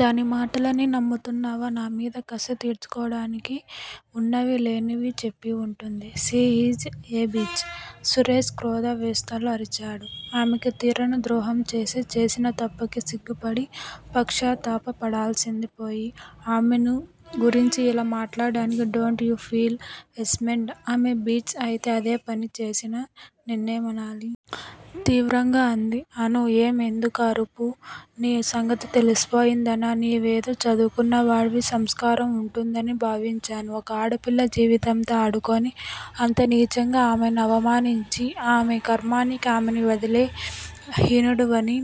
దాని మాటలన్ని నమ్ముతున్నావా? నా మీద కసి తీర్చుకోడానికి వున్నవి లేనివి చెప్పి వుంటుంది. She is a bitch ' Suresh క్రోదా వేశాల్తో అరిచాడు. ఆమెకి తీరని ద్రోహం చేసి, చేసిన తప్పుకి సిగ్గుపడి పశ్చాత్తాపపడాల్సింది పోయి ఆమెను గురించి ఇలా మాట్లాడడానికి డోంట్ యూ ఫీల్ ఏష్మ్డ్, ఆమె 'బిచ్' అయితే అదే పని చేసిన నిన్నేమనాలి? తీవ్రంగా అంది. అనూ ఏం ఎందుకా అరుపు? నీ సంగతి తెల్సిపోయిందనా! నీవేదో చదువుకున్నవాడి సంస్కారం వుంటుందని భావించాను. ఒక ఆడపిల్ల జీవితంతో ఆడుకుని, అంత నీచంగా ఆమెను అవమానించి ఆమె ఖర్మానికి ఆమెని వదిలే హినుడవని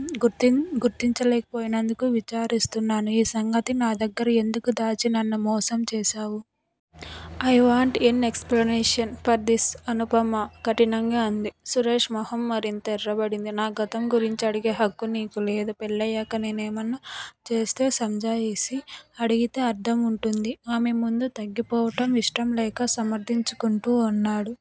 గుర్తించలేకపోయినందుకు విచారిస్తున్నాను. ఈ సంగతి నా దగ్గర ఎందుకు దాచి నన్ను మోసం చేశావు. I want an explanation for this Anupama కఠినంగా అంది. సురేష్ మొహం మరింత ఎర్రబడింది. నా గతం గురించి అడిగే హక్కు నీకు లేదు, పెళ్ళయ్యాక నేనేమన్నా చేస్తే సంజాయిషీ అడిగితే అర్ధం వుంటుంది ఆమె ముందు తగ్గిపోవటం యిష్టంలేక సమర్ధించుకుంటు అన్నాడు.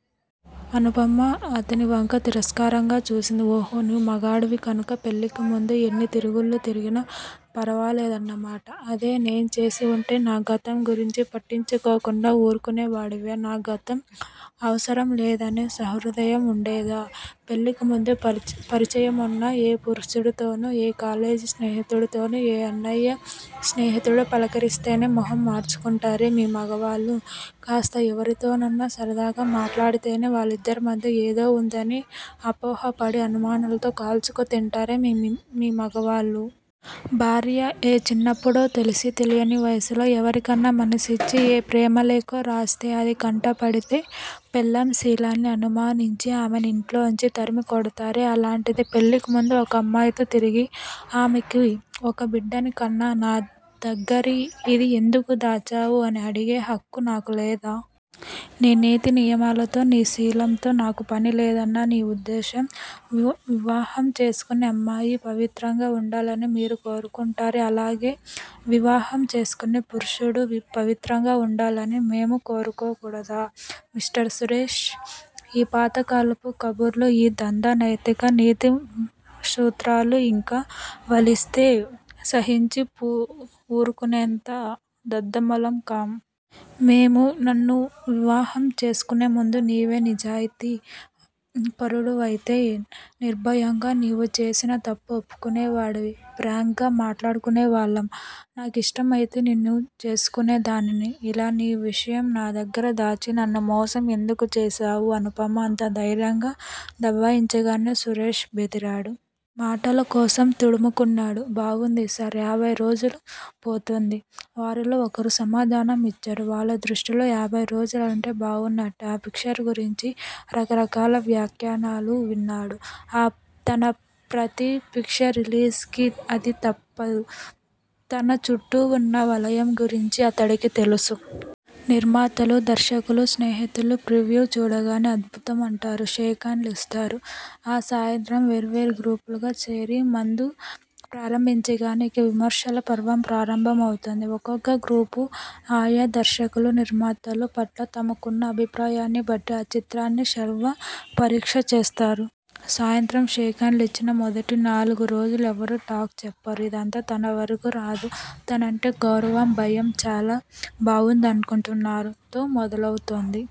అనుపమ అతనివంక తిరస్కారంగా చూసింది. ఓహో నీవు మగాడివి కనక పెళ్ళికి ముందు ఎన్ని తిరుగుళ్ళు తిరిగినా ఫరవాలేదన్నమాట. అదే నే చేసివుంటే, నా గతం గురించి పట్టించుకోకుండా వూరుకునేవాడివా? నా గతం అవసరం లేదనే సహృదయం వుండేదా? పెళ్ళికి ముందు పరిచయమున్న ఏ పురుషుడితోనో, ఏ కాలేజి స్నేహితుడితోనో, ఏ అన్నయ్య స్నేహితుడో పలకరిస్తేనే మొహం మాడ్చుకుంటారే మీ మగవాళ్ళు, కాస్త ఎవరితోనోన్న సరదాగా మాట్లాడితేనే వాళ్ళిద్దరిమధ్య ఏదో వుందని అపోహపడి అనుమానాలతో కాల్చుకుతింటారే మీ మగవాళ్ళు. భార్య ఏ చిన్నప్పుడో తెలిసి తెలియని వయసులో ఎవరికన్నా మనసిచ్చి, ఏ ప్రేమలేఖో రాస్తే, అది కంటపడితే పెళ్ళాం శీలాన్ని అనుమానించి, ఆమెని ఇంట్లోంచి తరిమికొడతారే అలాంటిది పెళ్ళికిముందు ఒక అమ్మాయితో తిరిగి ఆమెకి ఒక బిడ్డని కన్నా నా దగ్గరి ఇది ఎందుకు దాచావు అని అడిగే హక్కు నాకు లేదా? నీ నీతి నియమాలతో, నీ శీలంతో నాకు పనిలేదనా నీ ఉద్దేశం. వివాహం చేసుకునే అమ్మాయి పవిత్రంగా వుండాలని మీరు కోరుకుంటారే, అలాగే వివాహం చేసుకునే పురుషుడు పవిత్రంగా వుండాలని మేము కోరకుడదా? మిస్టర్ సురేష్! ఈ పాతకాలపు కబుర్లు, ఈ దంద నైతిక నీతి సూత్రాలు ఇంకా వలిస్తే సహించి వూరుకునేంత దద్దమ్మలం కాం. మేము. నన్ను వివాహం చేసుకునే ముందు, నీవే నిజాయితీ పరుడివయితే నిర్భయంగా నీవు చేసిన తప్పు ఒప్పుకునేవాడివి. ఫ్రాంక్ గా మాట్లాడుకునేవాళ్ళం. నా కిష్టమైతే నిన్ను చేసుకునే దానిని ఇలా నీ విషయం నా దగ్గర దాచి నన్ను మోసం ఎందుకు చేశావు. అనుపమ అంత ధైర్యంగా దబాయించగానే సురేష్ బెదిరాడు. మాటలకోసం తడుముకున్నాడు. బావుంది సార్. యాభైరోజులు పోతుంది వారిలో ఒకరు సమాధానం ఇచ్చాడు. వాళ్ల దృష్టిలో యాభైరోజులంటే బావున్నట్టే. ఆ పిక్చర్ గురించి రకరకాల వ్యాఖ్యానాలు విన్నాడు. తన ప్రతి పిక్చర్ రిలీజ్ కి అది తప్పదు. తన చుట్టూ వున్న వలయం గురించి అతడికి తెలుసు. నిర్మాతలు, దర్శకులు, స్నేహితులు ప్రివ్యూ చూడగానే అద్భుతం అంటారు. షేక్ హాండ్లిస్తారు. ఆ సాయంత్రం వేర్వేరు గ్రూపులుగా చేరి మందు ప్రారంభించగానే ఇక విమర్శల పర్వం ప్రారంభమవుతుంది. ఒక్కొక్క గ్రూపు- ఆయా దర్శకుల, నిర్మాతలు పట్ల తమకున్న అభిప్రాయాన్ని బట్టి ఆ చిత్రాన్ని శల్య పరీక్ష చేస్తారు. సాయంత్రం షేక్ హాండ్లిచ్చిన మొదటి నాలుగు రోజులూ ఎవరూ టాక్ చెప్పరు. ఇదంతా తనవరకూ రాదు. తనంటే గౌరవం, భయం. చాలా బావుందనుకుంటున్నారు తో మొదలవుతుంది.